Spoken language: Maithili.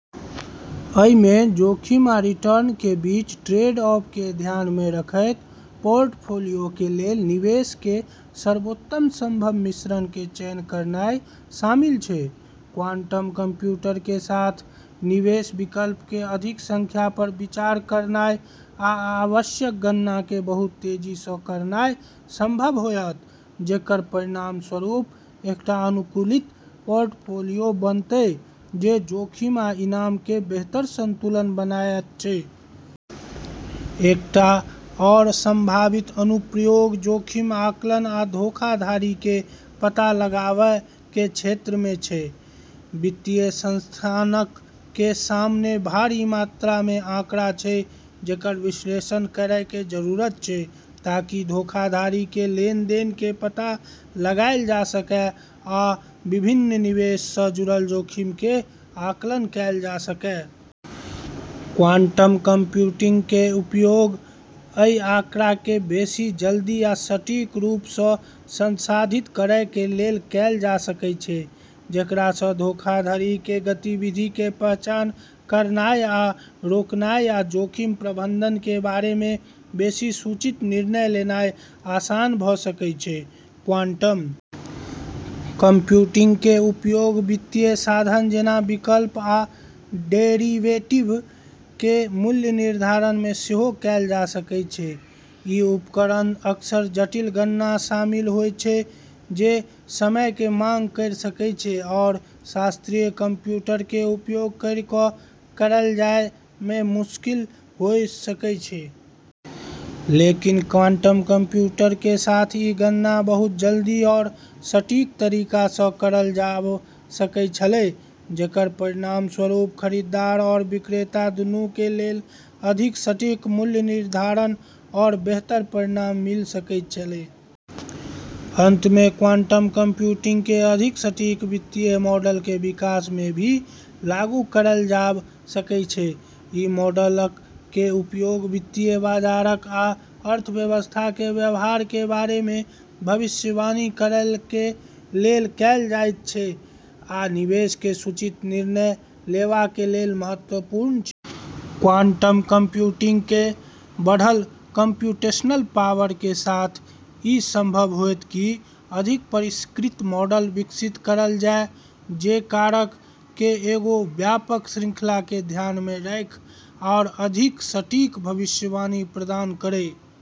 अइ मे जोखिम आ रिटर्न के बीच ट्रेड-ऑफ के ध्यान मे रखयत पोर्टफोलियो के लेल निवेश के सर्वोत्तम संभव मिश्रण के चयन करनाय शामिल छै ।क्वांटम कंप्यूटर के साथ, निवेश विकल्पक के अधिक संख्या पर विचार करनाय आ आवश्यक गणनाक के बहुत तेजी सऽ करनाय संभव होयत, जेकर परिणामस्वरूप एकटा अनुकूलित पोर्टफोलियो बनतय जे जोखिम आ इनाम के बेहतर संतुलन बनायत छै । एकटा आओर संभावित अनुप्रयोग जोखिम आकलन आ धोखाधड़ी के पता लगावय के क्षेत्र मे छै। वित्तीय संस्थानक के सामने भारी मात्रा मे आंकड़ा छै जेकर विश्लेषण करय के जरूरत छै ताकि धोखाधड़ी के लेनदेन के पता लगाएल जा सकय आ विभिन्न निवेश सं जुड़ल जोखिम के आकलन कैल जा सकय। क्वांटम कंप्यूटिंग के उपयोग अइ आंकड़ा के बेसि जल्दी आ सटीक रूप सऽ संसाधित करय के लेल कैल जा सकय छै, जेकरा सऽ धोखाधड़ी के गतिविधि के पहचान करनाय आ रोकनाय आ जोखिम प्रबंधन के बारे मे बेसि सूचित निर्णय लेनाय आसान भ सकय छै ।क्वांटम कंप्यूटिंग के उपयोग वित्तीय साधन, जेना विकल्प आ डेरिवेटिव के मूल्य निर्धारण मे सेहो कैल जा सकय छै। ई उपकरणऽ अक्सर जटिल गणना शामिल होय छै जे समय के माँग करी सकै छै आरू शास्त्रीय कंप्यूटर के उपयोग करी कऽ करलऽ जाय मऽ मुश्किल होय सकै छै। लेकिन क्वांटम कंप्यूटर के साथ ई गणना बहुत जल्दी आरू सटीक तरीका सऽ करलऽ जाब सकै छेलै, जेकरऽ परिणामस्वरूप खरीदार आरू विक्रेता दुनु के लेलऽ अधिक सटीक मूल्य निर्धारण आरू बेहतर परिणाम मिल सकै छेलै। अंत में, क्वांटम कंप्यूटिंग के अधिक सटीक वित्तीय मॉडल के विकास मे भी लागू करलऽ जाब सकै छै। इ मॉडलक के उपयोग वित्तीय बाजारक आ अर्थव्यवस्था के व्यवहार के बारे मे भविष्यवाणी करय कें लेल कैल जायत छै, आ निवेश के सूचित निर्णय लेवा के लेल महत्वपूर्ण छै। क्वांटम कंप्यूटिंग केरऽ बढ़लऽ कम्प्यूटेशनल पावर के साथ ई संभव होतै कि अधिक परिष्कृत मॉडल विकसित करलऽ जाय जे कारकऽ के एगो व्यापक श्रृंखला के ध्यान मे रखै आरू अधिक सटीक भविष्यवाणी प्रदान करै।